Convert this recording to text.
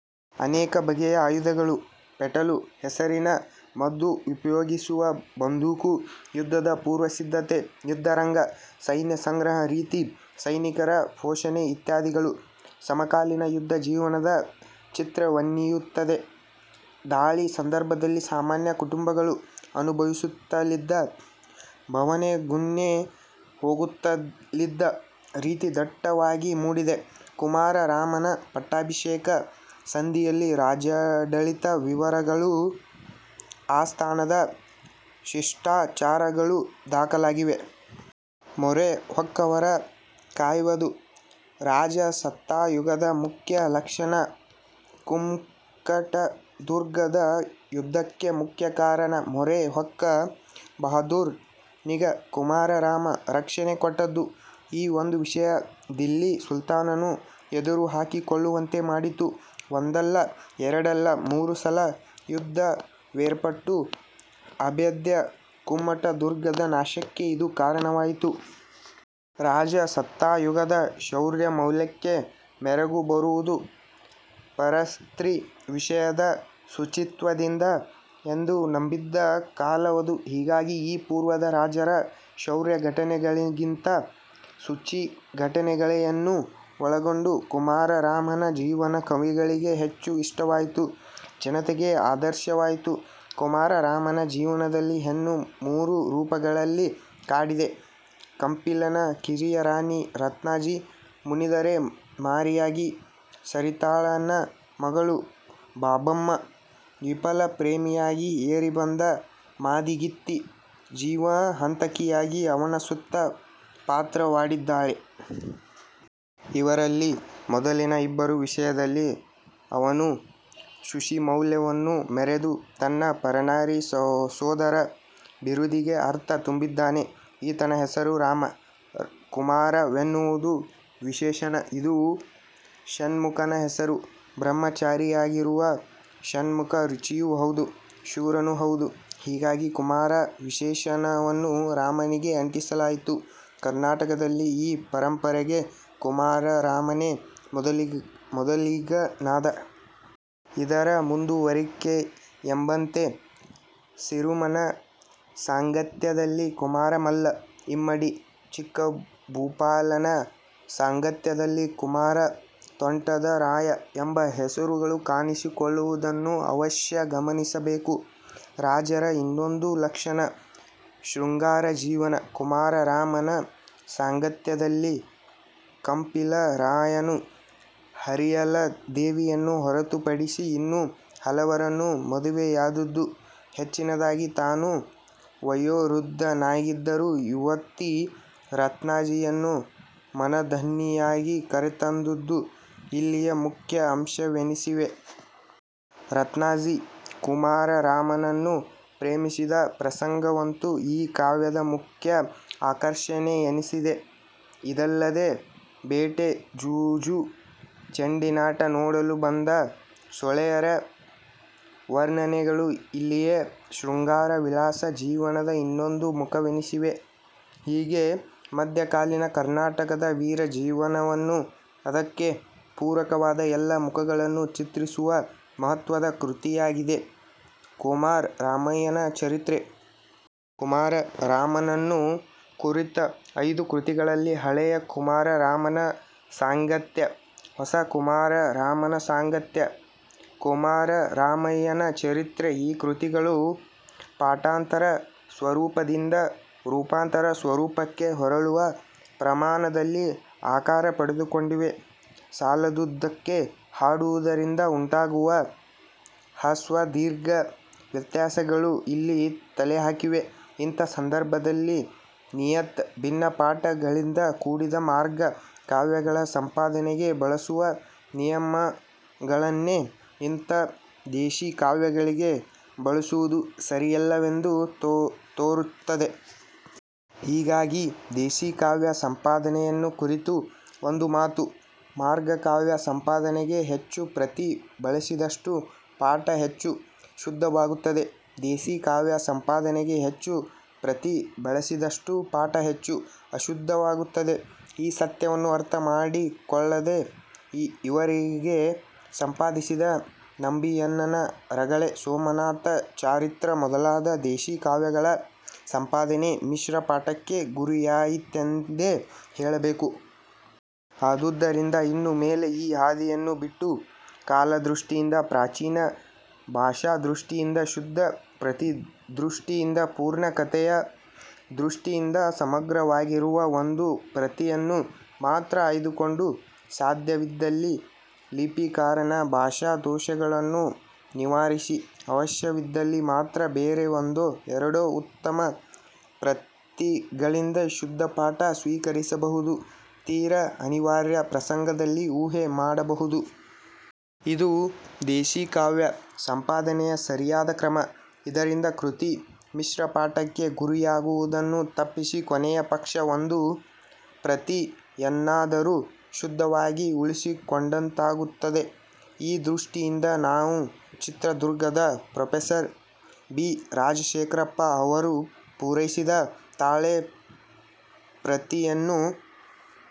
ಅನೇಕ ಬಗೆಯ ಆಯುಧಗಳು, ಪೆಟಲು ಹೆಸರಿನ ಮದ್ದು ಉಪಯೋಗಿಸುವ ಬಂದೂಕು, ಯುದ್ಧದ ಪೂರ್ವಸಿದ್ಧತೆ, ಯುದ್ಧರಂಗ, ಸೈನ್ಯಸಂಗ್ರಹ ರೀತಿ, ಸೈನಿಕರ ಪೋಷಣೆ ಇತ್ಯಾದಿಗಳು ಸಮಕಾಲೀನ ಯುದ್ಧ ಜೀವನದ ಚಿತ್ರವನ್ನೀಯುತ್ತವೆ. ದಾಳಿ ಸಂದರ್ಭದಲ್ಲಿ ಸಾಮಾನ್ಯ ಕುಟುಂಬಗಳು ಅನುಭವಿಸುತ್ತಲಿದ್ದ ಬವಣೆ, ಗುಣೆ ಹೋಗುತ್ತಲಿದ್ದ ರೀತಿ ದಟ್ಟವಾಗಿ ಮೂಡಿದೆ. ಕುಮಾರರಾಮನ ಪಟ್ಟಾಭಿಷೇಕ ಸಂಧಿಯಲ್ಲಿ ರಾಜ್ಯಾಡಳಿತ ವಿವರಗಳು, ಆಸ್ಥಾನದ ಶಿಷ್ಟಾಚಾರಗಳು ದಾಖಲಾಗಿವೆ. ಮೊರೆ ಹೊಕ್ಕವರ ಕಾಯ್ವದು ರಾಜಸತ್ತಾಯುಗದ ಮುಖ್ಯ ಲಕ್ಷಣ. ಕುಮ್ಮಟದುರ್ಗದ ಯುದ್ಧಕ್ಕೆ ಮುಖ್ಯ ಕಾರಣ, ಮೊರೆ ಹೊಕ್ಕ ಬಹಾದ್ದೂರ ನಿಗೆ ಕುಮಾರರಾಮ ರಕ್ಷಣೆ ಕೊಟ್ಟುದು. ಈ ಒಂದು ವಿಷಯ ದಿಲ್ಲಿ ಸುಲ್ತಾನನ್ನು ಎದುರುಹಾಕಿಕೊಳ್ಳುವಂತೆ ಮಾಡಿತು. ಒಂದಲ್ಲ, ಎರಡಲ್ಲ, ಮೂರು ಸಲ ಯುದ್ಧವೇರ್ಪಟ್ಟು, ಅಭೇದ್ಯ ಕುಮ್ಮಟ ದುರ್ಗದ ನಾಶಕ್ಕೆ ಇದು ಕಾರಣವಾಯಿತು. ರಾಜಸತ್ತಾಯುಗದ ಶೌರ್ಯಮೌಲ್ಯಕ್ಕೆ ಮೆರಗು ಬರುವುದು ಪರಸ್ತ್ರೀ ವಿಷಯದ ಶುಚಿತ್ವದಿಂದ- ಎಂದು ನಂಬಿದ್ದ ಕಾಲವದು. ಹೀಗಾಗಿ ಈ ಪೂರ್ವದ ರಾಜರ ಶೌರ್ಯಘಟನೆಗಳಿಗಿಂತ ಶುಚಿಘಟನೆಯನ್ನೂ ಒಳಗೊಂಡ ಕುಮಾರರಾಮನ ಜೀವನ ಕವಿಗಳಿಗೆ ಹೆಚ್ಚು ಇಷ್ಟವಾಯಿತು, ಜನತೆಗೆ ಆದರ್ಶವಾಯಿತು. ಕುಮಾರರಾಮನ ಜೀವನದಲ್ಲಿ ಹೆಣ್ಣು ಮೂರು ರೂಪಗಳಲ್ಲಿ ಕಾಡಿದೆ. ಕಂಪಿಲನ ಕಿರಿಯ ರಾಣಿ ರತ್ನಾಜಿ 'ಮುನಿದರೆ ಮಾರಿಯಾಗಿ', ಸರಿತಾಳನ ಮಗಳು ಬಾಬಮ್ಮ 'ವಿಫಲ ಪ್ರೇಮಿಯಾಗಿ', ಏರಿಬಂದ ಮಾದಿಗಿತ್ತಿ 'ಜೀವಹಂತಕಿಯಾಗಿ' ಅವನ ಸುತ್ತ ಪಾತ್ರವಾಡಿದ್ದಾರೆ. ಇವರಲ್ಲಿ ಮೊದಲಿನ ಇಬ್ಬರ ವಿಷಯದಲ್ಲಿ ಅವನು ಶುಷಿಮೌಲ್ಯವನ್ನು ಮೆರೆದು, ತನ್ನ 'ಪರನಾರಿ ಸೋದರ' ಬಿರುದಿಗೆ ಅರ್ಥ ತುಂಬಿದ್ದಾನೆ. ಈತನ ಹೆಸರು ರಾಮ. 'ಕುಮಾರ'ವೆನ್ನುವುದು ವಿಶೇಷಣ. ಇದು ಷಣ್ಮುಖನ ಹೆಸರು. ಬ್ರಹ್ಮಚಾರಿಯಾಗಿರುವ ಷಣ್ಮುಖ ಶುಚಿಯೂ ಹೌದು, ಶೂರನೂ ಹೌದು. ಹೀಗಾಗಿ 'ಕುಮಾರ' ವಿಶೇಷಣವನ್ನು ರಾಮನಿಗೆ ಅಂಟಿಸಲಾಯಿತು. ಕರ್ನಾಟಕದಲ್ಲಿ ಈ ಪರಂಪರೆಗೆ ಕುಮಾರರಾಮನೇ ಮೊದಲಿಗನಾದ. ಇದರ ಮುಂದುವರಿಕೆಯೆಂಬಂತೆ ಸಿರುಮನ ಸಾಂಗತ್ಯದಲ್ಲಿ ಕುಮಾರಮಲ್ಲ, ಇಮ್ಮಡಿ ಚಿಕ್ಕಭೂಪಾಲನ ಸಾಂಗತ್ಯದಲ್ಲಿ ಕುಮಾರ ತೋಂಟದರಾಯ ಎಂಬ ಹೆಸರುಗಳು ಕಾಣಿಸಿಕೊಳ್ಳುವುದನ್ನು ಅವಶ್ಯ ಗಮನಿಸಬೇಕು. ರಾಜರ ಇನ್ನೊಂದು ಲಕ್ಷಣ 'ಶೃಂಗಾರ ಜೀವನ'. ಕುಮಾರರಾಮನ ಸಾಂಗತ್ಯದಲ್ಲಿ ಕಂಪಿಲರಾಯನು ಹರಿಯಲದೇವಿಯನ್ನು ಹೊರತುಪಡಿಸಿ, ಇನ್ನೂ ಹಲವರನ್ನು ಮದುವೆಯಾದುದು, ಹೆಚ್ಚಿನದಾಗಿ ತಾನು ವಯೋವೃದ್ಧನಾಗಿದ್ದರೂ ಯುವತಿ ರತ್ನಾಜಿಯನ್ನು ಮನದನ್ನೆಯಾಗಿ ಕರೆತಂದುದು, ಇಲ್ಲಿಯ ಮುಖ್ಯ ಅಂಶವೆನಿಸಿವೆ. ರತ್ನಾಝಿ ಕುಮಾರ ರಾಮನನ್ನು ಪ್ರೇಮಿಸಿದ ಪ್ರಸಂಗವಂತೂ ಈ ಕಾವ್ಯದ ಮುಖ್ಯ ಆಕರ್ಷಣೆಯೆನಿಸಿದೆ. ಇದಲ್ಲದೆ ಬೇಟೆ, ಜೂಜು, ಚೆಂಡಿನಾಟ ನೋಡಲು ಬಂದ ಸೂಳೆಯರ ವರ್ಣನೆಗಳು ಇಲ್ಲಿಯ ಶೃಂಗಾರ ವಿಲಾಸ ಜೀವನದ ಇನ್ನೊಂದು ಮುಖವೆನಿಸಿವೆ. ಹೀಗೆ ಮಧ್ಯಕಾಲೀನ ಕರ್ನಾಟಕದ ವೀರಜೀವನವನ್ನು, ಅದಕ್ಕೆ ಪೂರಕವಾದ ಎಲ್ಲ ಮುಖಗಳನ್ನು ಚಿತ್ರಿಸುವ ಮಹತ್ವದ ಕೃತಿಯಾಗಿದೆ, 'ಕೊಮಾರ ರಾಮಯ್ಯನ ಚರಿತ್ರೆ'. ಕುಮಾರರಾಮನನ್ನು ಕುರಿತ ಐದು ಕೃತಿಗಳಲ್ಲಿ ಹಳೆಯ ಕುಮಾರರಾಮನ ಸಾಂಗತ್ಯ, ಹೊಸ ಕುಮಾರರಾಮನ ಸಾಂಗತ್ಯ, ಕೊಮಾರರಾಮಯ್ಯನ ಚರಿತ್ರೆ- ಈ ಕೃತಿಗಳು ಪಾಠಾಂತರ ಸ್ವರೂಪದಿಂದ ರೂಪಾಂತರ ಸ್ವರೂಪಕ್ಕೆ ಹೊರಳುವ ಪ್ರಮಾಣದಲ್ಲಿ ಆಕಾರ ಪಡೆದುಕೊಂಡಿವೆ. ಸಾಲದುದಕ್ಕೆ ಹಾಡುವುದರಿಂದ ಉಂಟಾಗುವ ಹ್ರಸ್ವದೀರ್ಘ ವ್ಯತ್ಯಾಸಗಳೂ ಇಲ್ಲಿ ತಲೆಹಾಕಿವೆ. ಇಂಥ ಸಂದರ್ಭದಲ್ಲಿ ನಿಯತ ಭಿನ್ನಪಾಠಗಳಿಂದ ಕೂಡಿದ ಮಾರ್ಗ ಕಾವ್ಯಗಳ ಸಂಪಾದನೆಗೆ ಬಳಸುವ ನಿಯಮಗಳನ್ನೇ ಇಂಥ ದೇಶೀಕಾವ್ಯಗಳಿಗೆ ಬಳಸುವುದು ಸರಿಯಲ್ಲವೆಂದು ತೋರುತ್ತದೆ. ಹೀಗಾಗಿ ದೇಶೀಕಾವ್ಯ ಸಂಪಾದನೆಯನ್ನು ಕುರಿತು ಒಂದು ಮಾತು: ಮಾರ್ಗಕಾವ್ಯ ಸಂಪಾದನೆಗೆ ಹೆಚ್ಚು ಪ್ರತಿ ಬಳಸಿದಷ್ಟೂ ಪಾಠ ಹೆಚ್ಚು ಶುದ್ಧವಾಗುತ್ತದೆ. ದೇಶೀಕಾವ್ಯ ಸಂಪಾದನೆಗೆ ಹೆಚ್ಚು ಪ್ರತಿ ಬಳಸಿದ್ದಷ್ಟೂ ಪಾಠ ಹೆಚ್ಚು ಅಶುದ್ಧವಾಗುತ್ತದೆ. ಈ ಸತ್ಯವನ್ನು ಅರ್ಥಮಾಡಿಕೊಳ್ಳದೆ ಈವರೆಗೆ ಸಂಪಾದಿಸಿದ ನಂಬಿಯಣ್ಣನ ರಗಳೆ, ಸೋಮನಾಥ ಚಾರಿತ್ರ ಮೊದಲಾದ ದೇಶೀ ಕಾವ್ಯಗಳ ಸಂಪಾದನೆ ಮಿಶ್ರಪಾಠಕ್ಕೆ ಗುರಿಯಾಯಿತೆಂದೇ ಹೇಳಬೇಕು. ಆದುದರಿಂದ ಇನ್ನು ಮೇಲೆ ಈ ಹಾದಿಯನ್ನು ಬಿಟ್ಟು ಕಾಲದೃಷ್ಟಿಯಿಂದ ಪ್ರಾಚೀನ, ಭಾಷಾದೃಷ್ಟಿಯಿಂದ ಶುದ್ಧ, ಪ್ರತಿದೃಷ್ಟಿಯಿಂದ ಪೂರ್ಣ ಕಥೆಯ ದೃಷ್ಟಿಯಿಂದ ಸಮಗ್ರವಾಗಿರುವ ಒಂದು ಪ್ರತಿಯನ್ನು ಮಾತ್ರ ಆಯ್ದುಕೊಂಡು ಸಾಧ್ಯವಿದ್ದಲ್ಲಿ ಲಿಪಿಕಾರನ ಭಾಷಾದೋಷಗಳನ್ನು ನಿವಾರಿಸಿ, ಅವಶ್ಯವಿದ್ದಲ್ಲಿ ಮಾತ್ರ ಬೇರೆ ಒಂದೋ ಎರಡೋ ಉತ್ತಮ ಪ್ರತಿಗಳಿಂದ ಶುದ್ಧಪಾಠ ಸ್ವೀಕರಿಸಬಹುದು. ತೀರ ಅನಿವಾರ್ಯ ಪ್ರಸಂಗದಲ್ಲಿ ಊಹೆ ಮಾಡಬಹುದು. ಇದು ದೇಶೀಕಾವ್ಯ ಸಂಪಾದನೆಯ ಸರಿಯಾದ ಕ್ರಮ. ಇದರಿಂದ ಕೃತಿ ಮಿಶ್ರಪಾಠಕ್ಕೆ ಗುರಿಯಾಗುವುದನ್ನು ತಪ್ಪಿಸಿ, ಕೊನೆಯ ಪಕ್ಷ ಒಂದು ಪ್ರತಿಯನ್ನಾದರೂ ಶುದ್ಧವಾಗಿ ಉಳಿಸಿಕೊಟ್ಟಂತಾಗುತ್ತದೆ. ಈ ದೃಷ್ಟಿಯಿಂದ ನಾವು ಚಿತ್ರದುಗ್ಗದ ಪ್ರೊಫೆಸರ್. ಬಿ. ರಾಜಶೇಖರಪ್ಪ ಅವರು ಪೂರೈಸಿದ ತಾಳೆಪ್ರತಿಯನ್ನು